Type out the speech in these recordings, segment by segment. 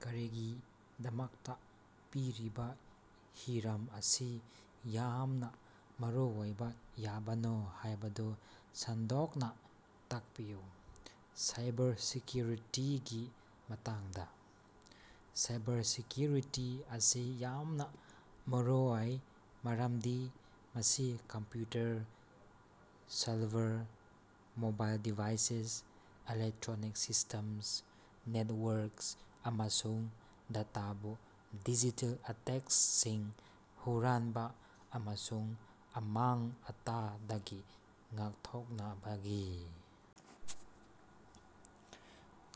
ꯀꯔꯤꯒꯤꯗꯃꯛꯇ ꯄꯤꯔꯤꯕ ꯍꯤꯔꯝ ꯑꯁꯤ ꯌꯥꯝꯅ ꯃꯔꯨꯑꯣꯏꯕ ꯌꯥꯕꯅꯣ ꯍꯥꯏꯕꯗꯨ ꯁꯟꯗꯣꯛꯅ ꯇꯥꯛꯄꯤꯌꯨ꯫ ꯁꯥꯏꯕꯔꯁꯦꯀ‌꯭ꯌꯨꯔꯤꯇꯤꯒꯤ ꯃꯇꯥꯡꯗ꯫ ꯁꯥꯏꯕꯔꯁꯦꯀ꯭ꯌꯨꯔꯤꯇꯤ ꯑꯁꯤ ꯌꯥꯝꯅ ꯃꯔꯨꯑꯣꯏ ꯃꯔꯝꯗꯤ ꯃꯁꯤ ꯀꯝꯄ꯭ꯌꯨꯇꯔ, ꯁꯔꯚꯔ, ꯃꯣꯕꯥꯏꯜ ꯗꯤꯚꯥꯏꯁꯁꯤꯡ, ꯏꯂꯦꯛꯇ꯭ꯔꯣꯅꯤꯛ ꯁꯤꯁ꯭ꯇꯦꯝꯁꯤꯡ, ꯅꯦꯠꯋꯥꯔꯀꯁꯤꯡ, ꯑꯃꯁꯨꯡ ꯗꯦꯇꯥꯕꯨ ꯗꯤꯖꯤꯇꯦꯜ ꯑꯦꯇꯦꯛꯁꯤꯡ, ꯍꯨꯔꯥꯟꯕ ꯑꯃꯁꯨꯡ ꯑꯃꯥꯡ-ꯑꯇꯥꯗꯒꯤ ꯉꯥꯛꯊꯣꯛꯅꯕꯒꯤ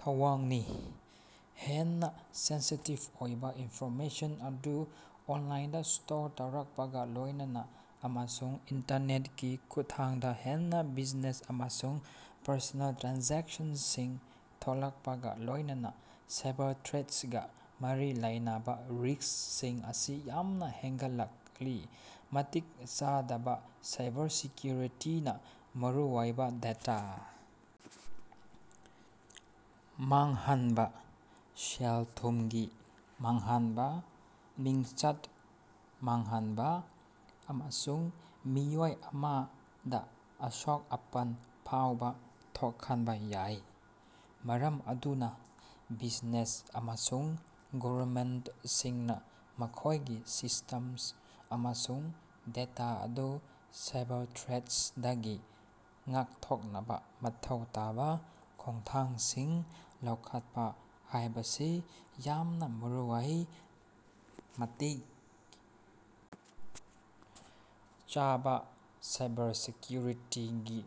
ꯊꯧꯑꯣꯡꯅꯤ꯫ ꯍꯦꯟꯅ ꯁꯦꯟꯁꯤꯇꯤꯚ ꯑꯣꯏꯕ ꯏꯟꯐꯣꯔꯃꯦꯁꯟ ꯑꯗꯨ ꯑꯣꯟꯂꯥꯏꯟꯗ ꯁ꯭ꯇꯣꯔ ꯇꯧꯔꯛꯄꯒ ꯂꯣꯏꯅꯅ, ꯑꯃꯁꯨꯡ ꯏꯟꯇꯔꯅꯦꯠꯀꯤ ꯈꯨꯠꯊꯥꯡꯗ ꯍꯦꯟꯅ ꯕ꯭ꯌꯨꯖꯤꯅꯦꯁ ꯑꯃꯁꯨꯡ ꯄꯔꯁꯣꯅꯦꯜ ꯇ꯭ꯔꯥꯟꯖꯦꯛꯁꯟꯁꯤꯡ ꯊꯣꯛꯂꯛꯄꯒ ꯂꯣꯏꯅꯅ, ꯁꯥꯏꯕꯔ ꯊ꯭ꯔꯦꯠꯁꯤꯡꯒ ꯃꯔꯤ ꯂꯩꯅꯕ ꯔꯤꯁ꯭ꯀꯁꯤꯡ ꯑꯁꯤ ꯌꯥꯝꯅꯥ ꯍꯦꯟꯒꯠꯂꯛꯂꯤ꯫ ꯃꯇꯤꯛ ꯆꯥꯗꯕ ꯁꯥꯏꯕꯔꯁꯦꯀ꯭ꯌꯨꯔꯤꯇꯤꯅ ꯃꯔꯨꯑꯣꯏꯕ ꯗꯦꯇ ꯃꯥꯡꯍꯟꯕ, ꯁꯦꯜ-ꯊꯨꯝꯒꯤ ꯃꯥꯡꯍꯟꯕ, ꯃꯤꯡꯆꯠ ꯃꯥꯡꯍꯟꯕ, ꯑꯃꯁꯨꯡ ꯃꯤꯑꯣꯏ ꯑꯃꯗꯥ ꯑꯁꯣꯛ-ꯑꯄꯟ ꯐꯥꯎꯕ ꯊꯣꯛꯍꯟꯕ ꯌꯥꯏ꯫ ꯃꯔꯝ ꯑꯗꯨꯅ ꯕ꯭ꯌꯨꯖꯤꯅꯦꯁ ꯑꯃꯁꯨꯡ ꯁꯔꯀꯥꯔꯁꯤꯡꯅ ꯃꯈꯣꯏꯒꯤ ꯁꯤꯁ꯭ꯇꯦꯝꯁꯤꯡ ꯑꯃꯁꯨꯡ ꯗꯦꯇꯥ ꯑꯗꯨ ꯁꯥꯏꯕꯔ ꯊ꯭ꯔꯦꯠꯁꯤꯡꯗꯒꯤ ꯉꯥꯛꯊꯣꯛꯅꯕ ꯃꯊꯧ ꯇꯥꯕ ꯈꯣꯡꯊꯥꯡꯁꯤꯡ ꯂꯧꯈꯠꯄ ꯍꯥꯏꯕꯁꯤ ꯌꯥꯝꯅ ꯃꯔꯨꯑꯣꯏ꯫ ꯃꯇꯤꯛ ꯆꯥꯕ ꯁꯥꯏꯕꯔꯁꯦꯀ꯭ꯌꯨꯔꯤꯇꯤꯒꯤ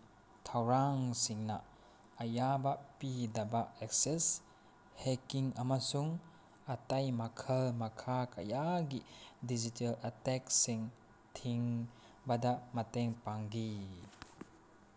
ꯊꯧꯔꯥꯡꯁꯤꯡꯅ ꯑꯌꯥꯕ ꯄꯤꯗꯕ ꯑꯦꯛꯁꯦꯁ, ꯍꯦꯛꯀꯤꯡ ꯑꯃꯁꯨꯡ ꯑꯇꯩ ꯃꯈꯜ-ꯃꯈꯥ ꯀꯌꯥꯒꯤ ꯗꯤꯖꯤꯇꯦꯜ ꯑꯦꯇꯦꯛꯁꯤꯡ ꯊꯤꯡꯕꯗ ꯃꯇꯦꯡ ꯄꯥꯡꯏ